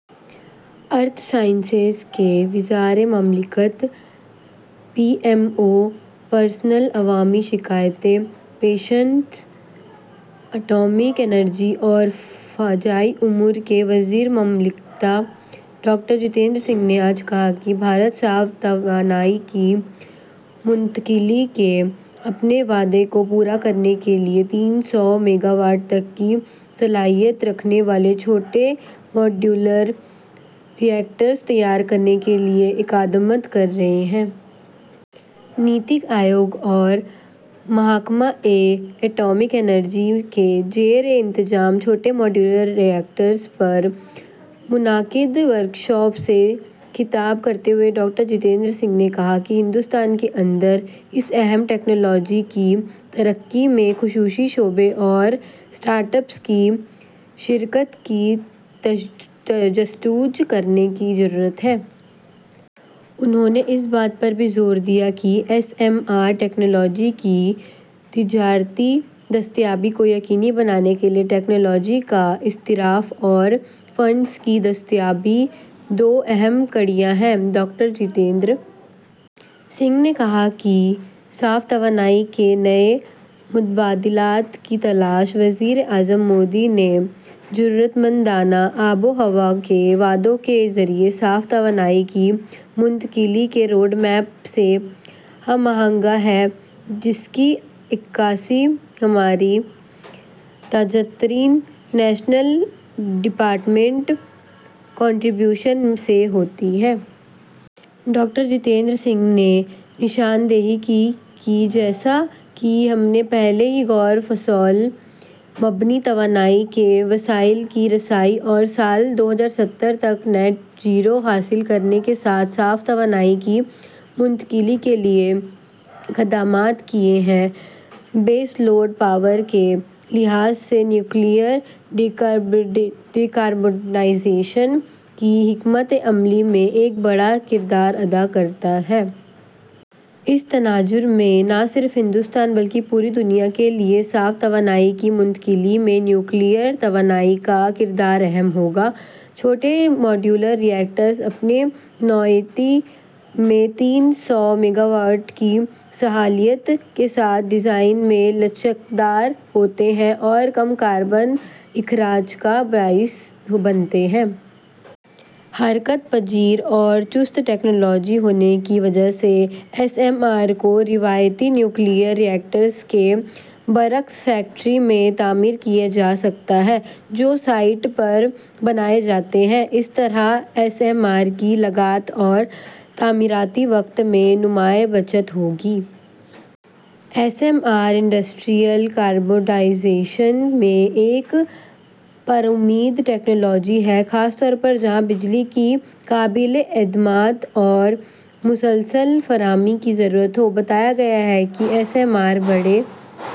ارتھ sciences کے وزیر مملکت ؛ پی ایم او، پرسنل، عوامی شکایات، پنشن، ایٹمی توانائی اور خلائی امور کے وزیر مملکت ڈاکٹر جتیندر سنگھ نے آج کہا کہ بھارت صاف توانائی کی منتقلی کے اپنے وعدے کو پورا کرنے کے لیے تین سو میگاواٹ تک کی صلاحیت کے ساتھ چھوٹے ماڈیولر ری ایکٹرز تیار کرنے کے لیے اقدامات کر رہا ہے۔ نیتی آیوگ اور محکمہ ایٹمی توانائی کے زیر انعقاد چھوٹے ماڈیولر ری ایکٹرز پر منعقدہ ورکشاپ سے خطاب کرتے ہوئے ڈاکٹر جتیندر سنگھ نے کہا کہ بھارت کے اندر اس اہم ٹکنالوجی کی ترقی میں نجی شعبے اور اسٹارٹ اپس کی شرکت کی جستجو کرنے کی ضرورت ہے۔ انھوں نے اس بات پر زور دیا کہ ایس ایم آر ٹیکنالوجی کی تجارتی دستیابی کو یقینی بنانے کے لیے ٹیکنالوجی کا اشتراک اور فنڈز کی دستیابی دو اہم کڑیاں ہیں۔ ڈاکٹر جتیندر سنگھ نے کہا کہ صاف توانائی کے نئے متبادلات کی تلاش وزیر اعظم مودی کے جرات مندانہ آب و ہوا کے وعدوں کے ذریعے صاف توانائی کی منتقلی کے روڈ میپ سے ہم آہنگ ہے جس کی عکاسی ہماری تازہ ترین نیشنلی ڈٹرمنڈ کنٹری بیوشنز سے ہوتی ہے۔ ڈاکٹر جتیندر سنگھ نے نشاندہی کی کہ جیسا کہ ہم نے پہلے ہی غیر فوسل مبنی توانائی کے وسائل کی رسائی اور تک خالص صفر حاصل کرنے کے ساتھ صاف توانائی کی منتقلی کے لیے اقدامات کیے ہیں، بیس لوڈ پاور کے لحاظ سے جوہری ڈی کاربونائزیشن کی حکمت عملی میں ایک بڑا کردار ادا کرسکتا ہے۔ اس تناظر میں نہ صرف بھارت بلکہ پوری دنیا کے لیے صاف توانائی کی منتقلی کے لیے جوہری توانائی کا کردار اہم ہوگا۔ چھوٹے ماڈیولر ری ایکٹرز، اپنی نوعیت میں تین سو میگاواٹ کی صلاحیت کے ساتھ ڈیزائن میں لچکدار ہوتے ہیں اور کم کاربن اخراج کا باعث بنتے ہیں۔ حرکت پذیر اور چست ٹکنالوجی ہونے کی وجہ سے ایس ایم آر کو روایتی جوہری ری ایکٹرز کے برعکس فیکٹری سے تعمیر کیا جاسکتا ہے جو سائٹ پر بنائے جاتے ہیں۔ اس طرح ایس ایم آر لاگت اور تعمیراتی وقت میں نمایاں بچت ہوتی ہے۔ ایس ایم آر صنعتی ڈی کاربونائزیشن میں ایک امید افزا ٹیکنالوجی ہے خاص طور پر جہاں بجلی کی قابل اعتماد اور مسلسل فراہمی کی ضرورت ہو۔ بتایا گیا ہے کہ ایس ایم آر بڑے